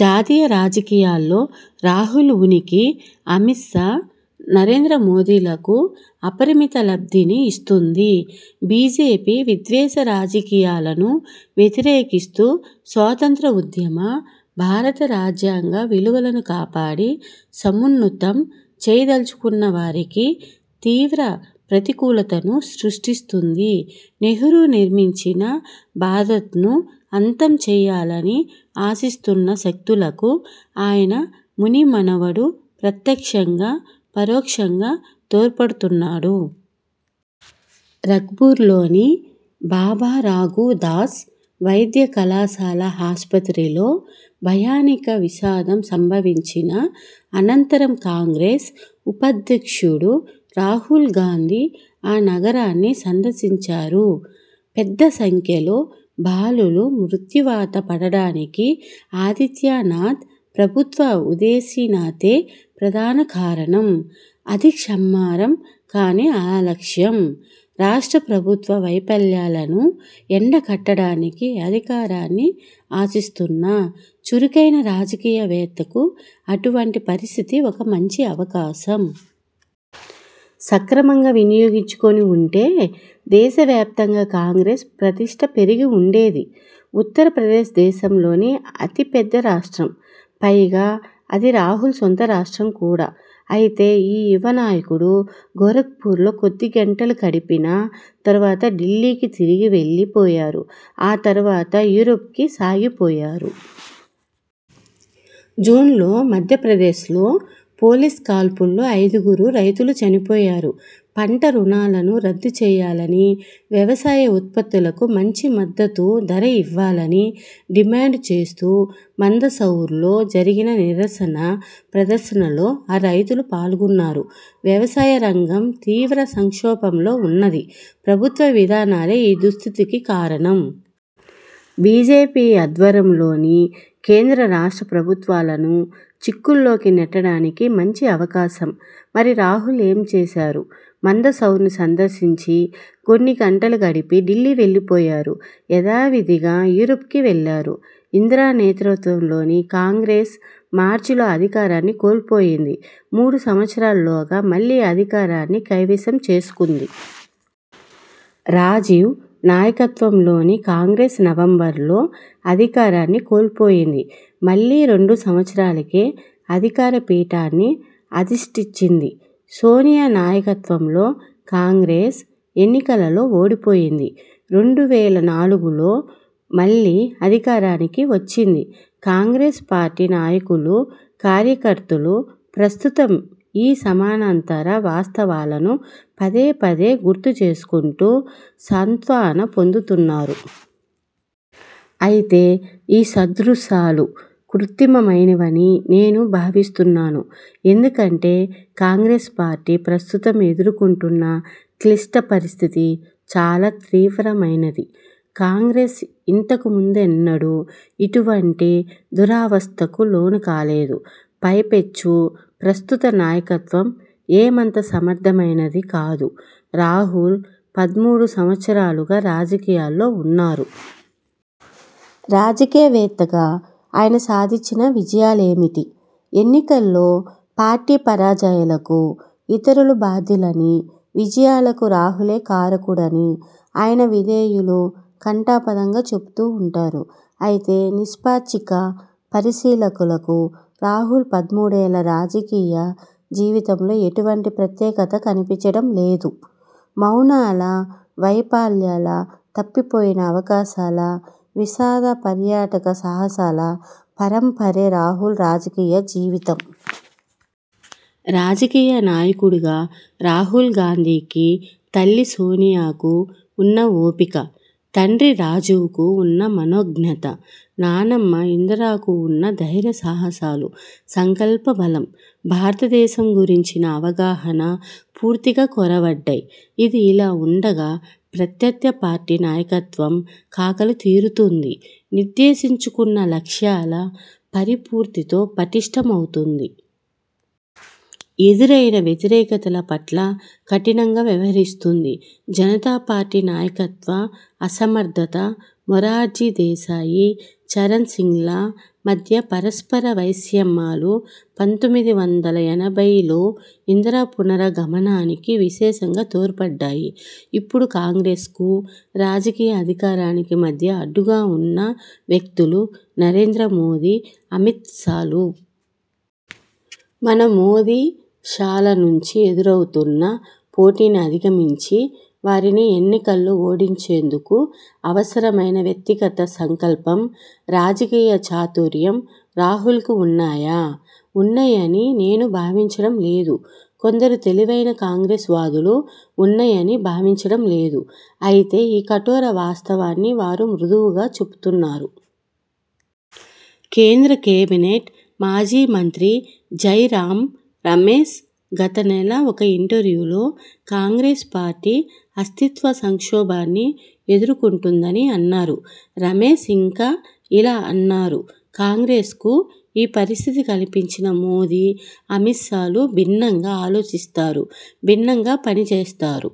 జాతీయ రాజకీయాల్లో రాహుల్ ఉనికి అమిత్షా, నరేంద్ర మోదీలకు అపరిమిత లబ్ధిని ఇస్తోంది. బీజేపీ విద్వేష రాజకీయాలను వ్యతిరేకిస్తూ స్వాతంత్ర్యోద్యమ, భారత రాజ్యాంగ విలువలను కాపాడి, సమున్నతం చేయ దలచుకున్నవారికి తీవ్ర ప్రతి కూలతలను సృష్టిస్తోంది. నెహ్రూ నిర్మించిన భారత్ను అంతం చేయాలని ఆశిస్తున్న శక్తులకు ఆయన ముని మనవడు ప్రత్యక్షంగా, పరోక్షంగా తోడ్పడు తున్నాడు. రఖ్పూర్లోని బాబా రాఘవ్ దాస్ వైద్య కళాశాల ఆస్పత్రిలో భయానక విషాదం సంభవించిన అనంతరం కాంగ్రెస్ ఉపాధ్యక్షుడు రాహుల్ గాంధీ ఆ నగరాన్ని సందర్శించారు. పెద్ద సంఖ్యలో బాలలు మృత్యువాత పడడానికి ఆదిత్యనాథ్ ప్రభుత్వ ఉదాసీనతే ప్రధాన కారణం. అది క్షమార్హం కాని అలక్ష్యం. రాష్ట్ర ప్రభుత్వ వైఫల్యాలను ఎండ గట్టడానికి అధికారాన్ని ఆశిస్తున్న, చురుకైన రాజకీయ వేత్తకు అటువంటి పరిస్థితి ఒక మంచి అవకాశం. సక్రమంగా వినియోగించుకొని వుంటే దేశవ్యాప్తంగా కాంగ్రెస్ ప్రతిష్ఠ పెరిగి వుండేది. ఉత్తరప్రదేశ్ దేశంలోనే అతి పెద్ద రాష్ట్రం. పైగా అది రాహుల్ సొంత రాష్ట్రం కూడా. అయితే ఈ యువ నాయకుడు గోరఖ్పూర్లో కొద్ది గంటలు గడిపిన తరువాత ఢిల్లీకి తిరిగి వెళ్ళి పోయారు. ఆ తరువాత యూరోప్కు సాగిపోయారు. జూన్లో మధ్యప్రదేశ్లో పోలీసు కాల్పుల్లో ఐదుగురు రైతులు చనిపోయారు. పంటరుణాలను రద్దు చేయాలని, వ్యవసాయ ఉత్పత్తులకు మంచి మద్దతు ధర ఇవ్వాలని డిమాండ్ చేస్తూ మందసౌర్లో జరిగిన నిరసన ప్రదర్శనలో ఆ రైతులూ పాల్గొన్నారు. వ్యవసాయ రంగం తీవ్ర సంక్షోభంలో వున్నది. ప్రభుత్వ విధానాలే ఈ దుస్థితికి కారణం. బీజేపీ ఆధ్వరంలోని కేంద్ర రాష్ట్ర ప్రభుత్వాలను చిక్కుల్లోకి నెట్టడానికి మంచి అవకాశం. మరి రాహుల్ ఏమి చేశారు? మందసౌర్ను సందర్శించి, కొన్నిగంటలు గడిపి ఢిల్లీ వెళ్ళి పోయారు. యథా విధిగా యూరోప్కు వెళ్ళారు. ఇందిర నేతృత్వంలోని కాంగ్రెస్ మార్చిలో అధికారాన్ని కోల్పోయింది. మూడు సంవత్సరాల్లోగా మళ్ళీ అధికారాన్ని కైవసం చేసుకొంది. రాజీవ్ నాయకత్వం లోని కాంగ్రెస్ నవంబర్లో అధికారాన్ని కోల్పోయింది. మళ్ళీ రెండు సంవత్సరాలకే అధికార పీఠాన్ని అధిష్ఠించింది. సోనియా నాయకత్వంలో కాంగ్రెస్, ఎన్నికలలో ఓడిపోయింది. రెండు వేల నాలుగులో మళ్ళీ అధికారానికి వచ్చింది. కాంగ్రెస్ పార్టీ నాయకులు, కార్యకర్తలు ప్రస్తుతం ఈ సమానాంతర వాస్తవాలను పదే పదే గుర్తు చేసుకొంటూ సాంత్వన పొందుతున్నారు. అయితే ఈ సదృశాలు కృత్రిమ మైనవని నేను భావిస్తున్నాను. ఎందుకంటే కాంగ్రెస్ పార్టీ ప్రస్తుతం ఎదుర్కొంటున్న క్లిష్ట పరిస్థితి చాలా తీవ్ర మైనది. కాంగ్రెస్ ఇంతకు ముందెన్నడూ ఇటువంటి దురవస్థకు లోను కాలేదు. పైపెచ్చు ప్రస్తుత నాయకత్వం ఏమంత సమర్థమైనది కాదు. రాహుల్ పదమూడు సంవత్సరాలుగా రాజకీయాల్లో వున్నారు. రాజకీయ వేత్తగా ఆయన సాధించిన విజయాలేమిటి? ఎన్నికల్లో పార్టీ పరాజయాలకు ఇతరులు బాధ్యు లని, విజయాలకు రాహులే కారకుడని ఆయన విధేయులు ఘంటా పథంగా చెబుతుంటారు. అయితే నిష్పాక్షిక పరిశీలకులకు రాహుల్ పదమూడేళ్ళ రాజకీయ జీవితంలో ఎటువంటి ప్రత్యేకత కనిపించడం లేదు. మౌనాల, వైఫల్యాల, తప్పిపోయిన అవకాశాల, విషాద పర్యాటక సాహసాల పరంపరే రాహుల్ రాజకీయ జీవితం. రాజకీయ నాయకుడుగా రాహుల్ గాంధీకి తల్లి సోనియాకు ఉన్న ఓపిక, తండ్రి రాజీవ్కు వున్న మనోజ్ఞత, నానమ్మ ఇందిరకు ఉన్న ధైర్య సాహసాలు, సంకల్ప బలం, భారతదేశం గురించిన అవగాహన పూర్తిగా కొరవడ్డాయి. ఇదిలా వుండగా ప్రత్యర్థి పార్టీ నాయకత్వం కాకలు తీరుతోంది. నిర్దేశించుకున్న లక్ష్యాల పరిపూర్తితో పటిష్ఠ మవుతోంది. ఎదురయిన వ్యతిరేకతల పట్ల కఠినంగా వ్యవహరిస్తోంది. జనతా పార్టీ నాయకత్వ అసమర్థత, మొరార్జీ దేశాయి, చరణ్సింగ్ల మధ్య పరస్పర వైషమ్యాలు పంతొమ్మిది వందల ఎనభైలో ఇందిర పునరా గమనానికి విశేషంగా తోడ్పడ్డాయి. ఇప్పుడు కాంగ్రెస్కు, రాజకీయ అధికారానికి మధ్య అడ్డుగా వున్న వ్యక్తులు నరేంద్ర మోదీ, అమిత్ షాలు. మన మోదీ, షాల నుంచి ఎదురవుతున్న పోటీని అధిగమించి, వారిని ఎన్నికల్లో ఓడించేందుకు అవసరమైన వ్యక్తిగత సంకల్పం, రాజకీయ చాతుర్యం రాహుల్కు ఉన్నాయా? ఉన్నాయని నేను భావించడం లేదు. కొందరు తెలివైన కాంగ్రెస్ వాదులూ ఉన్నాయని భావించడం లేదు. అయితే ఈ కఠోర వాస్తవాన్ని వారు మృదువుగా చెబుతున్నారు. కేంద్ర కేబినెట్ మాజీ మంత్రి జైరామ్ రమేశ్ గత నెల ఒక ఇంటర్వ్యూలో 'కాంగ్రెస్ పార్టీ అస్తిత్వ సంక్షోభాన్ని ఎదుర్కొంటోందని' అన్నారు. రమేశ్ ఇంకా ఇలా అన్నారు 'కాంగ్రెస్కు ఈ పరిస్థితి కల్పించిన మోదీ, షాలు భిన్నంగా ఆలోచిస్తారు భిన్నంగా పని చేస్తారు.